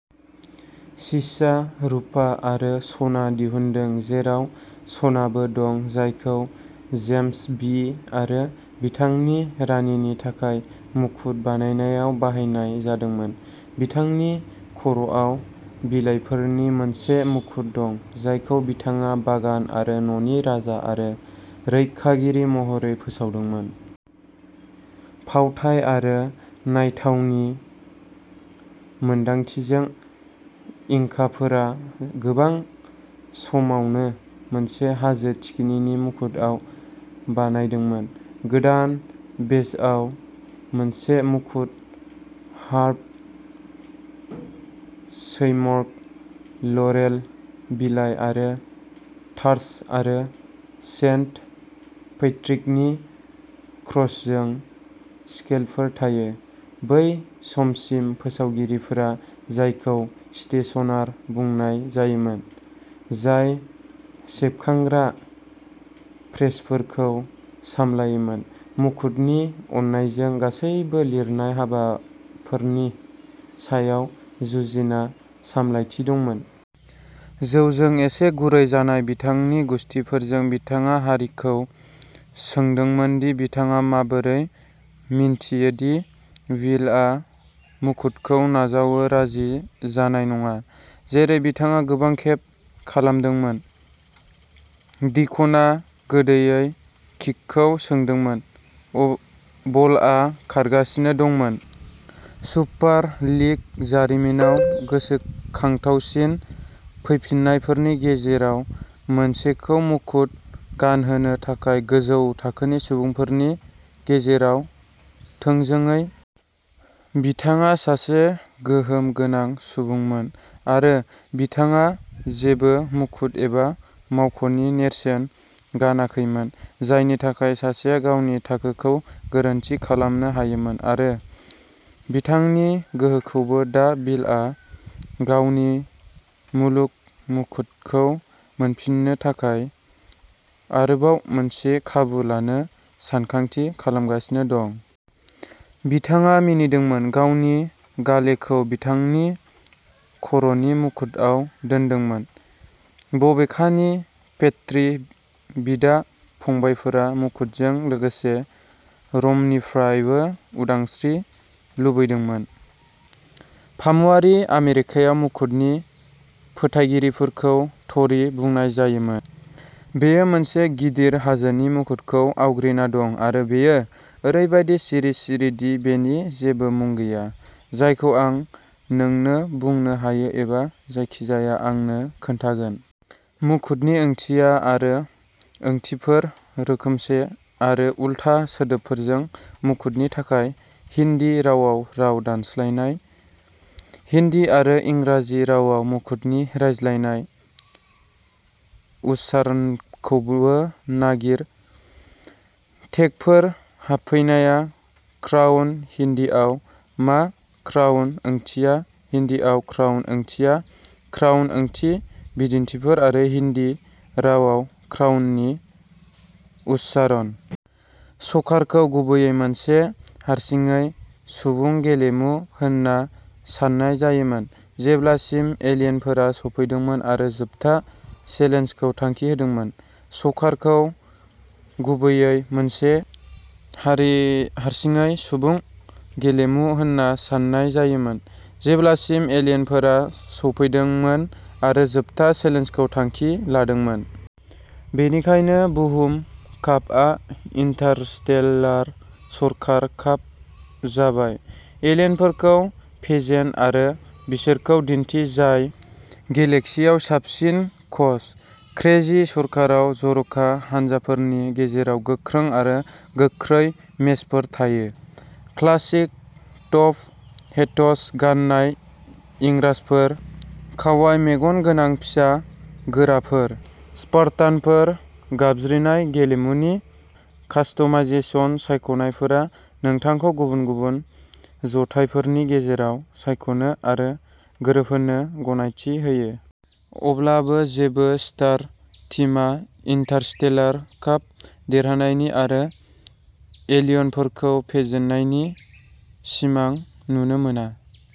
सीसा, रुपा आरो सना दिहुनदों, जेराव सनाबो दं, जायखौ जेम्स भि आरो बिथांनि रानिनि थाखाय मुकुट बानायनायाव बाहायनाय जादोंमोन। बिथांनि खर'आव बिलाइफोरनि मोनसे मुकुट दं, जायखौ बिथाङा बागान आरो न'नि राजा आरो रैखागिरि महरै फोसावदोंमोन। फावथाइ आरो नायथावनि मोनदांथिजों, इंकाफोरा गोबां समावनो मोनसे हाजो थिखिनिनि मुकुटआव बानायदोंमोन। गोदान बेजआव मोनसे मुकुट, हार्प, शैमरक, लरेल बिलाइ आरो टार्च आरो सेन्ट पैट्रिकनि क्रसजों स्केलफोर थायो। बै समसिम, फोसावगिरिफोरा, जायखौ स्टेशनार बुंनाय जायोमोन, जाय सेबखांग्रा प्रेसफोरखौ सामलायोमोन, मुकुटनि अननायजों गासैबो लिरनाय हाबाफोरनि सायाव जुजिना सामलायथि दंमोन। जौजों एसे गुरै जानाय बिथांनि गुसथिफोरजों, बिथाङा हरिखौ सोंदोंमोन दि बिथाङा माबोरै मिन्थियो दि विलआ मुकुटखौ नाजावो राजि जानाय नङा। जेरै बिथाङा गोबां खेब खालामदोंमोन, डिक'ना गोदैयै किकखौ सोदोंमोन, अ बलआ खारगासिनो दंमोन। सुपार लीग जारिमिनाव गोसोखांथावसिन फैफिन्नायफोरनि गेजेराव मोनसेखौ मुकुट गानहोनो थाखाय गोजौ थाखोनि सुबुंफोरनि गेजेराव थोंजोङै। बिथाङा सासे गोहोम गोनां सुबुंमोन, आरो बिथाङा जेबो मुकुट एबा मावख'नि नेरसोन गानाखैमोन, जायनि थाखाय सासेया गावनि थाखोखौ गोरोन्थि खालामनो हायोमोन, आरो बिथांनि गोहोखौबो। दा बिलआ गावनि मुलुग मुकुटखौ मोनफिन्नो थाखाय आरोबाव मोनसे खाबु लानो सानखांथि खालामगासिनो दं। बिथाङा मिनिदोंमोन, गावनि गालेखौ बिथांनि खर'नि मुकुटआव दोन्दोंमोन। बबेखानि, पेट्री बिदा-फंबायफोरा मुकुटजों लोगोसे र'मनिफ्रायबो उदांस्रि लुबैदोंमोन। फामुवारि आमेरिकायाव मुकुटनि फोथायगिरिफोरखौ ट'री बुंनाय जायोमोन। बेयो मोनसे गिदिर हाजोनि मुकुटखौ आवग्रिना दं, आरो बेयो ओरैबादि सिरि-सिरि दि बेनि जेबो मुं गैया जायखौ आं नोंनो बुंनो हायो एबा जायखिजाया आंनो खोन्थागोन। मुकुटनि ओंथिया आरो ओंथिफोर, रोखोमसे आरो उल्था सोदोबफोरजों मुकुटनि थाखाय हिन्दी रावाव राव दानस्लायनाय। हिन्दी आरो इंराजि रावाव मुकुटनि रायज्लायनाय उच्चारणखौबो नागिर। टेगफोर हाबफैनाया क्राउन हिन्दीआव मा क्राउन ओंथिया, हिन्दीआव क्राउन ओंथिया, क्राउन ओंथि, बिदिन्थिफोर आरो हिन्दी रावाव क्राउननि उच्चारण। सकार खौ गुबैयै मोनसे हारसिङै सुबुं गेलेमु होनना सान्नाय जायोमोन, जेब्लासिम एलियनफोरा सौफैदोंमोन आरो जोबथा चेलेन्जखौ थांखि होदोंमोन। सकार खौ गुबैयै मोनसे हारि हारसिङै सुबुं गेलेमु होन्ना सान्नाय जायोमोन, जेब्लासिम एलियनफोरा सौफैदोंमोन आरो जोबथा चेलेन्जखौ थांखि लादोंमोन। बेनिखायनो, बुहुम कापआ इन्टारस्टेलार सकार काप जाबाय एलियनफोरखौ फेजेन आरो बिसोरखौ दिन्थि जाय गेलेक्सियाव साबसिन कच। क्रेजि सकाराव जर'खा हानजाफोरनि गेजेराव गोख्रों आरो गोख्रै मेचफोर थायो। क्लासिक टप हेट'स गान्नाय इंराजफोर, कावाइ मेगन गोनां फिसा गोराफोर, स्पार्टानफोर गाबज्रिनाय गेलेमुनि कास्टमाइजेशन सायख'नायफोरा नोंथांखौ गुबुन गुबुन जथायफोरनि गेजेराव सायख'नो आरो गोरोबहोनो गनायथि होयो। अब्लाबो, जेबो स्टार टीमा इन्टारस्टेलार काप देरहानायनि आरो एलियनफोरखौ फेजेननायनि सिमां नुनो मोना।